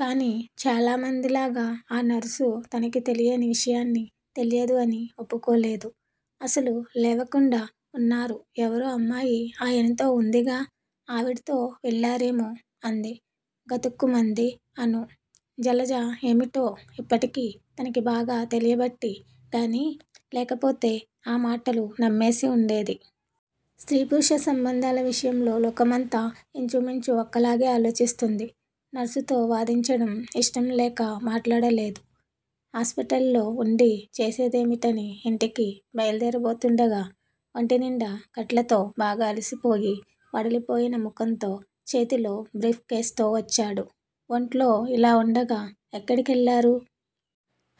కాని చాలా మంది లాగ ఆ నర్సు తనకి తెలియని విషయాన్ని తెలియదు అని ఒప్పుకోలేదు. అస్సలు లేవకుండా వున్నారు ఎవరో అమ్మాయి ఆయనతో వుందిగా! ఆవిడతో వెళ్ళారేమో? అంది. గతుక్కుమంది అణు. జలజ ఏమిటో ఇప్పటికి తనకి బాగా తెలియబట్టి గాని, లేకపోతే ఆమాటలు నమ్మేసి ఉండేది. స్త్రీ పురుష సంబంధాల విషయంలో లోకమంతా యించుమించు ఒక్కలాగే ఆలోచిస్తుంది. నర్సుతో వాదించడం ఇష్టం లేక మాట్లాడలేదు. హాస్పిటల్ లో వుండి చేసేదేమిటని యింటికి బయలుదేరబోతుండగా ఒంటినిండా కట్లతో బాగా అలసిపోయి వడలిపోయిన ముఖంతో చేతిలో భ్రీఫ్ కేస్ తో వచ్చాడు. ఒంట్లో ఇలా వుండగా ఎక్కడికెళ్ళారు?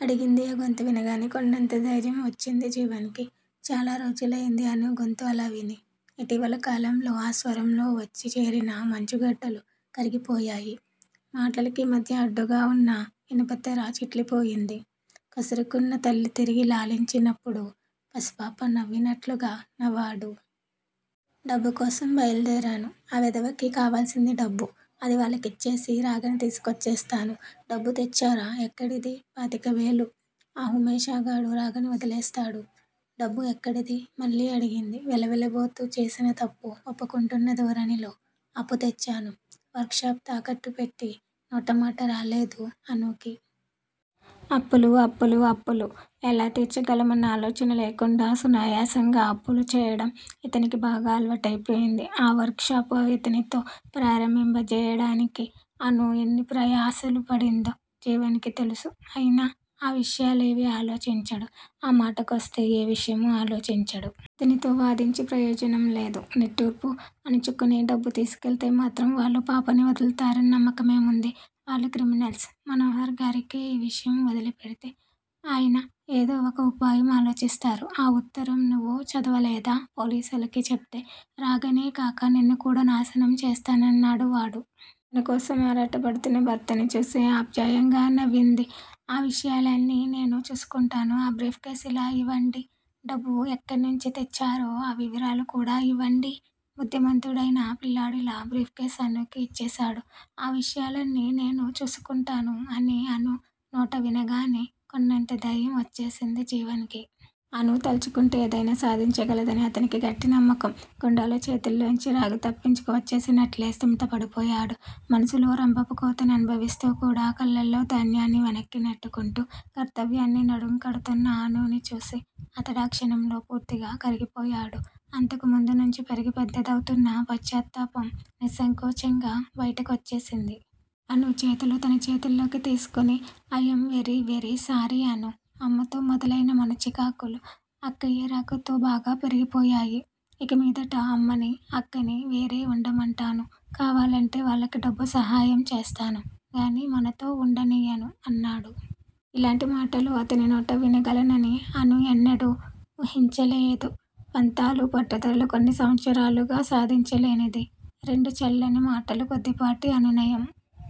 అడిగింది. ఆ గొంతు వినగానే కొండంత దైర్యం వచ్చింది జీవన్ కి. చాలా రోజులైంది అణు గొంతు అలా విని. ఇటివల కాలంలో ఆ స్వరంలో వచ్చి చేరిన మంచుగడ్డలు కరిగిపోయాయి. మాటలకి మధ్య అడ్డుగా వున్న ఇనపతెర చిట్లిపోయింది. కసురుకున్న తల్లి తిరిగి లాలించి నప్పుడు పసిపాప నవినట్లుగా నవాడు. డబ్బు కోసం బయల్దేరాను. ఆ వెధవకి కావలసింది డబ్బు అది వాళ్ళకిచ్చేసి, రాగని తీసుకొచ్చేస్తాను. ' డబ్బు తెచ్చారా? ఎక్కడిది? పాతికవేలు ఆ హుమేషాగాడు రాగని వొదిలేస్తాడు. డబ్బు ఎక్కడిది? మళ్ళీ అడిగింది. వెలవెలబోతూ చేసిన తప్పు ఒప్పుకుంటున్న ధోరణిలో అప్పు తెచ్చాను వర్క్ షాప్ తాకట్టు పెట్టి నోటమాట రాలేదు అణుకి. అప్పులు, అప్పులు అప్పులు ఎలా తిర్చగలమన్న ఆలోచన లేకుండా సునాయాసంగా అప్పులు చేయడం ఇతనికి బాగా అలవాటైపోయింది. ఆ వర్క్ షాప్ ఇతనితో ప్రారంభింపజేయడానికి అణు ఎన్ని ప్రయాసలు పడిందో జీవన్ కి తెలుసు. అయినా ఆ విషయాలేవీ ఆలోచించడు. ఆ మాట కొస్తే ఏ విషయము ఆలోచించడు. ఇతనితో వాదించి ప్రయోజనం లేదు. నిట్టూర్పు అణచుకొని డబ్బు తీసికెళ్తే మాత్రం వాళ్ళు పాపని వొదులుతారని నమ్మకమేముంది? వాళ్ళు క్రిమినల్స్ మనోహర్ గారికే ఈ విషయం ఒదిలి పెడితే అయన ఏదో ఒక వుపాయం ఆలోచిస్తారు. ఆ ఉత్తరం నువు చదవలేదా? పోలీసులకి చెప్తే రాగనే కాక, నిన్ను కూడా నాశనం చేస్తానన్నాడువాడు. తనకోసం ఆరాటపడుతున్న భర్తని చూసి ఆప్యాయంగా నవింది. ఆ విషయాలన్నీ నేను చూసుకుంటాను. ఆ బ్రీఫ్ కేస్ ఇలా యివండి. డబ్బు ఎక్కనుంచి తెచ్చారో ఆ వివరాలు కూడా ఇవండీ. బుద్దిమంతుడైనా పిల్లాడిలా బ్రీఫ్ కేస్ అణుకి యిచ్చేసాడు. ఆ విషయాలన్నీ నేను చూసుకుంటాను అని అణు నోట వినగానే కొండంత దైర్యం వచ్చేసింది జీవన్ కి. అణు తలచుకుంటే ఏదైనా సాధించగలదని అతనికి గట్టి నమ్మకం. గుండాల చేతుల్లోంచి రాగ తప్పించుకు వచ్చేసినట్లే స్థిమిత పడిపోయాడు. మనసులో రంపపు కోతని అనుభవిస్తూ కూడా కళ్ళల్లో దైన్యాన్ని వెనక్కి నెట్టుకుంటూ కర్తవ్యాన్ని నడుం కడుతోన్న అణుని చూసి అతడాక్షణంలో పూర్తిగా కరిగిపోయాడు. అంతకు ముందు నుంచి పెరిగి పెద్దదౌతున్న పశ్చాత్తాపం నిస్సంకోచంగా బయటి కొచ్చేసింది. అణు చేతులు తన చేతుల్లోకి తీసుకుని, I am very very sorry Anu! అమ్మతో మొదలైన మన చికాకులు అక్కయ్య రాకతో బాగా పెరిగిపోయాయి. ఇక మీదట అమ్మని, అక్కని వేరే ఉండమంటాను. కావాలంటే వాళ్ళకి డబ్బు సహాయం చేస్తాను గాని మనతో ఉండనియ్యను అన్నాడు. ఇలాంటి మాటలు అతని నోట వినగలనని అణు ఎన్నడూ వుహించలేదు. పంతాలు పట్టుదలలు కొన్ని సంవత్సరాలుగా సాధించలేనిది, రెండు చల్లని మాటలు, కొద్దిపాటి అనునయం